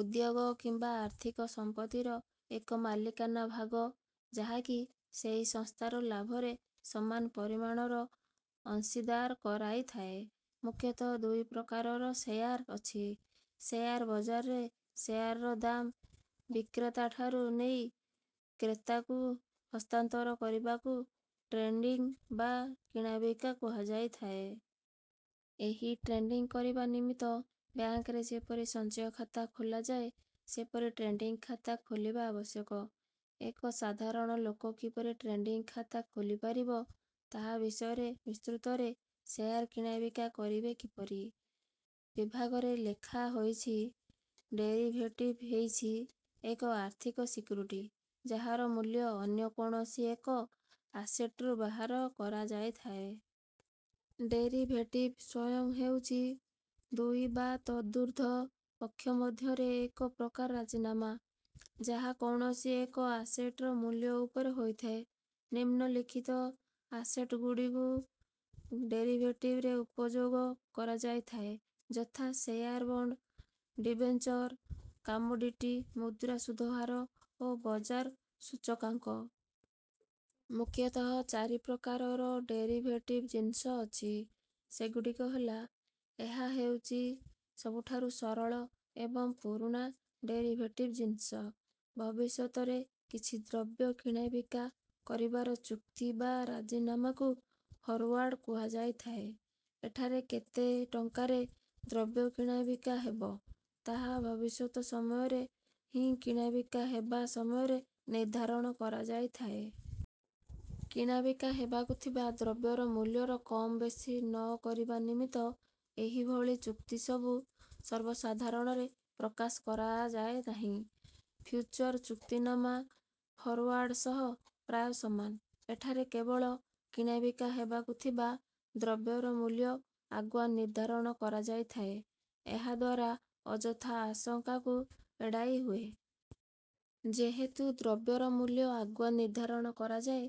ଉଦ୍ୟୋଗ କିମ୍ବା ଆର୍ଥିକ ସମ୍ପତ୍ତିର ଏକ ମାଲିକାନା ଭାଗ, ଯାହାକି ସେହି ସଂସ୍ଥାର ଲାଭରେ ସମାନ ପରିମାଣର ଅଂଶୀଦାର କରାଇଥାଏ। ମୁଖ୍ୟତଃ ଦୁଇ ପ୍ରକାରର ଶେୟାର ଅଛି। ଶେୟାର ବଜାରରେ ଶେୟାରର ଦାମ ବିକ୍ରେତାଠାରୁ ନେଇ କ୍ରେତାକୁ ହସ୍ତାନ୍ତର କରିବାକୁ ଟ୍ରେଡିଂ ବା କିଣାବିକା କୁହାଯାଇଥାଏ। ଏହି ଟ୍ରେଡିଂ କରିବା ନିମିତ୍ତ ବ୍ୟାଙ୍କରେ ଯେପରି ସଞ୍ଚୟ ଖାତା ଖୋଲାଯାଏ, ସେପରି ଟ୍ରେଡିଂ ଖାତା ଖୋଲିବା ଆବଶ୍ୟକ। ଏକ ସାଧାରଣ ଲୋକ କିପରି ଟ୍ରେଡିଂ ଖାତା ଖୋଲିପାରିବ, ତାହା ବିଷୟରେ ବିସ୍ତୃତରେ ଶେୟାର କିଣାବିକା କରିବେ କିପରି ବିଭାଗରେ ଲେଖାହୋଇଛି। ଡେରିଭେଟିଭ ହେଉଛି ଏକ ଆର୍ଥିକ ସିକ୍ୟୁରିଟି, ଯାହାର ମୂଲ୍ୟ ଅନ୍ୟ କୌଣସି ଏକ ଆସେଟରୁ ବାହାର କରାଯାଇଥାଏ। ଡେରିଭେଟିଭ ସ୍ୱୟଂ ହେଉଛି ଦୁଇ ବା ତଦୂର୍ଦ୍ଧ୍ୱ ପକ୍ଷ ମଧ୍ୟରେ ଏକ ପ୍ରକାର ରାଜିନାମା, ଯାହା କୌଣସି ଏକ ଆସେଟର ମୂଲ୍ୟ ଉପରେ ହୋଇଥାଏ। ନିମ୍ନଲିଖିତ ଆସେଟଗୁଡ଼ିକୁ ଡେରିଭେଟିଭରେ ଉପଯୋଗ କରାଯାଇଥାଏ ଯଥା ଶେୟାର, ବଣ୍ଡ, ଡିବେଞ୍ଚର, କମୋଡିଟି, ମୁଦ୍ରା, ସୁଧହାର ଓ ବଜାର ସୂଚକାଙ୍କ। ମୁଖ୍ୟତଃ ଚାରି ପ୍ରକାରର ଡେରିଭେଟିଭ ଜିନିଷ ଅଛି। ସେଗୁଡ଼ିକ ହେଲା ଏହା ହେଉଛି ସବୁଠାରୁ ସରଳ ଏବଂ ପୁରୁଣା ଡେରିଭେଟିଭ ଜିନିଷ। ଭବିଷ୍ୟତରେ କିଛି ଦ୍ରବ୍ୟ କିଣାବିକା କରିବାର ଚୁକ୍ତି ବା ରାଜିନାମାକୁ ଫରୱାର୍ଡ କୁହାଯାଇଥାଏ। ଏଠାରେ କେତେ ଟଙ୍କାରେ ଦ୍ରବ୍ୟ କିଣାବିକା ହେବ, ତାହା ଭବିଷ୍ୟତ ସମୟରେ ହିଁ କିଣାବିକା ହେବା ସମୟରେ ନିର୍ଦ୍ଧାରଣ କରାଯାଇଥାଏ। କିଣାବିକା ହେବାକୁ ଥିବା ଦ୍ରବ୍ୟର ମୂଲ୍ୟର କମ୍ ବେଶି ନ କରିବା ନିମିତ୍ତ ଏହିଭଳି ଚୁକ୍ତିସବୁ ସର୍ବସାଧାରଣରେ ପ୍ରକାଶ କରାଯାଏ ନାହିଁ। ଫ୍ୟୁଚର ଚୁକ୍ତିନାମା ଫରୱାର୍ଡ ସହ ପ୍ରାୟ ସମାନ, ଏଠାରେ କେବଳ କିଣାବିକା ହେବାକୁ ଥିବା ଦ୍ରବ୍ୟର ମୂଲ୍ୟ ଆଗୁଆ ନିର୍ଦ୍ଧାରଣ କରାଯାଇଥାଏ। ଏହାଦ୍ୱାରା ଅଯଥା ଆଶଙ୍କାକୁ ଏଡ଼ାଇହୁଏ। ଯେହେତୁ ଦ୍ରବ୍ୟର ମୂଲ୍ୟ ଆଗୁଆ ନିର୍ଦ୍ଧାରଣ କରାଯାଏ,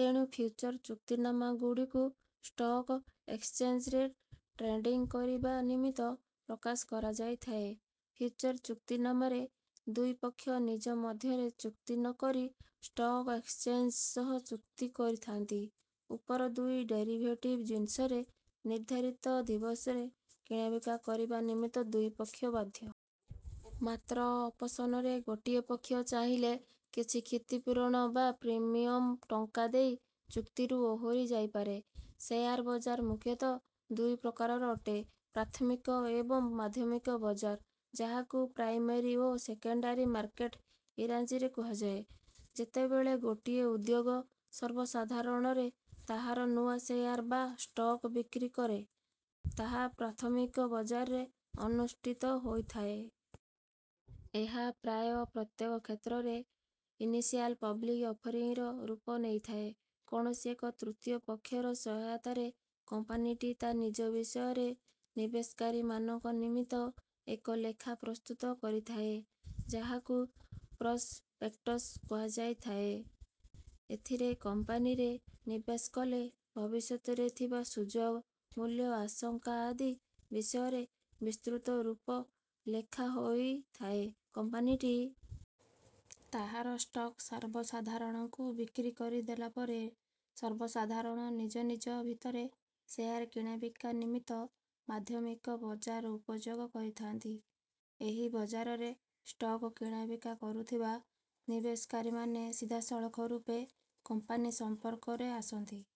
ତେଣୁ ଫ୍ୟୁଚର ଚୁକ୍ତିନାମାଗୁଡ଼ିକୁ ଷ୍ଟକ୍ ଏକ୍ସଚେଞ୍ଜରେ ଟ୍ରେଡିଂ କରିବା ନିମିତ୍ତ ପ୍ରକାଶ କରାଯାଇଥାଏ। ଫ୍ୟୁଚର ଚୁକ୍ତିନାମାରେ ଦୁଇ ପକ୍ଷ ନିଜ ମଧ୍ୟରେ ଚୁକ୍ତି ନ କରି ଷ୍ଟକ୍ ଏକ୍ସଚେଞ୍ଜ ସହ ଚୁକ୍ତି କରିଥାନ୍ତି। ଉପର ଦୁଇ ଡେରିଭେଟିଭ ଜିନିଷରେ ନିର୍ଦ୍ଧାରିତ ଦିବସରେ କିଣାବିକା କରିବା ନିମିତ୍ତ ଦୁଇ ପକ୍ଷ ବାଧ୍ୟ। ମାତ୍ର ଅପସନରେ ଗୋଟିଏ ପକ୍ଷ ଚାହିଁଲେ କିଛି କ୍ଷତିପୂରଣ ବା ପ୍ରିମିୟମ ଟଙ୍କା ଦେଇ ଚୁକ୍ତିରୁ ଓହରି ଯାଇପାରେ। ଶେୟାର ବଜାର ମୁଖ୍ୟତଃ ଦୁଇ ପ୍ରକାରର ଅଟେ ପ୍ରାଥମିକ ଏବଂ ମାଧ୍ୟମିକ ବଜାର, ଯାହାକୁ ପ୍ରାଇମେରୀ ଓ ସେକେଣ୍ଡାରୀ ମାର୍କେଟ ଇଂରାଜୀରେ କୁହାଯାଏ। ଯେତେବେଳେ ଗୋଟିଏ ଉଦ୍ୟୋଗ ସର୍ବସାଧାରଣରେ ତାହାର ନୂଆ ଶେୟାର ବା ଷ୍ଟକ୍ ବିକ୍ରି କରେ, ତାହା ପ୍ରାଥମିକ ବଜାରରେ ଅନୁଷ୍ଠିତ ହୋଇଥାଏ। ଏହା ପ୍ରାୟ ପ୍ରତ୍ୟେକ କ୍ଷେତ୍ରରେ ଇନିସିଆଲ ପବ୍ଲିକ ଅଫରିଂ ର ରୂପ ନେଇଥାଏ। କୌଣସି ଏକ ତୃତୀୟ ପକ୍ଷର ସହାୟତାରେ, କମ୍ପାନୀଟି ତା' ନିଜ ବିଷୟରେ ନିବେଶକାରୀମାନଙ୍କ ନିମିତ୍ତ ଏକ ଲେଖା ପ୍ରସ୍ତୁତ କରିଥାଏ, ଯାହାକୁ ପ୍ରସପେକ୍ଟସ କୁହାଯାଇଥାଏ। ଏଥିରେ କମ୍ପାନୀରେ ନିବେଶ କଲେ ଭବିଷ୍ୟତରେ ଥିବା ସୁଯୋଗ, ମୂଲ୍ୟ, ଆଶଙ୍କା ଆଦି ବିଷୟରେ ବିସ୍ତୃତ ରୂପେ ଲେଖାହୋଇଥାଏ। କମ୍ପାନୀଟି ତାହାର ଷ୍ଟକ୍ ସର୍ବସାଧାରଣଙ୍କୁ ବିକ୍ରି କରିଦେଲା ପରେ, ସର୍ବସାଧାରଣ ନିଜ ନିଜ ଭିତରେ ଶେୟାର କିଣାବିକା ନିମିତ୍ତ ମାଧ୍ୟମିକ ବଜାର ଉପଯୋଗ କରିଥାନ୍ତି। ଏହି ବଜାରରେ ଷ୍ଟକ୍ କିଣାବିକା କରୁଥିବା ନିବେଶକାରୀମାନେ ସିଧାସଳଖ ରୂପେ କମ୍ପାନୀ ସମ୍ପର୍କରେ ଆସନ୍ତି।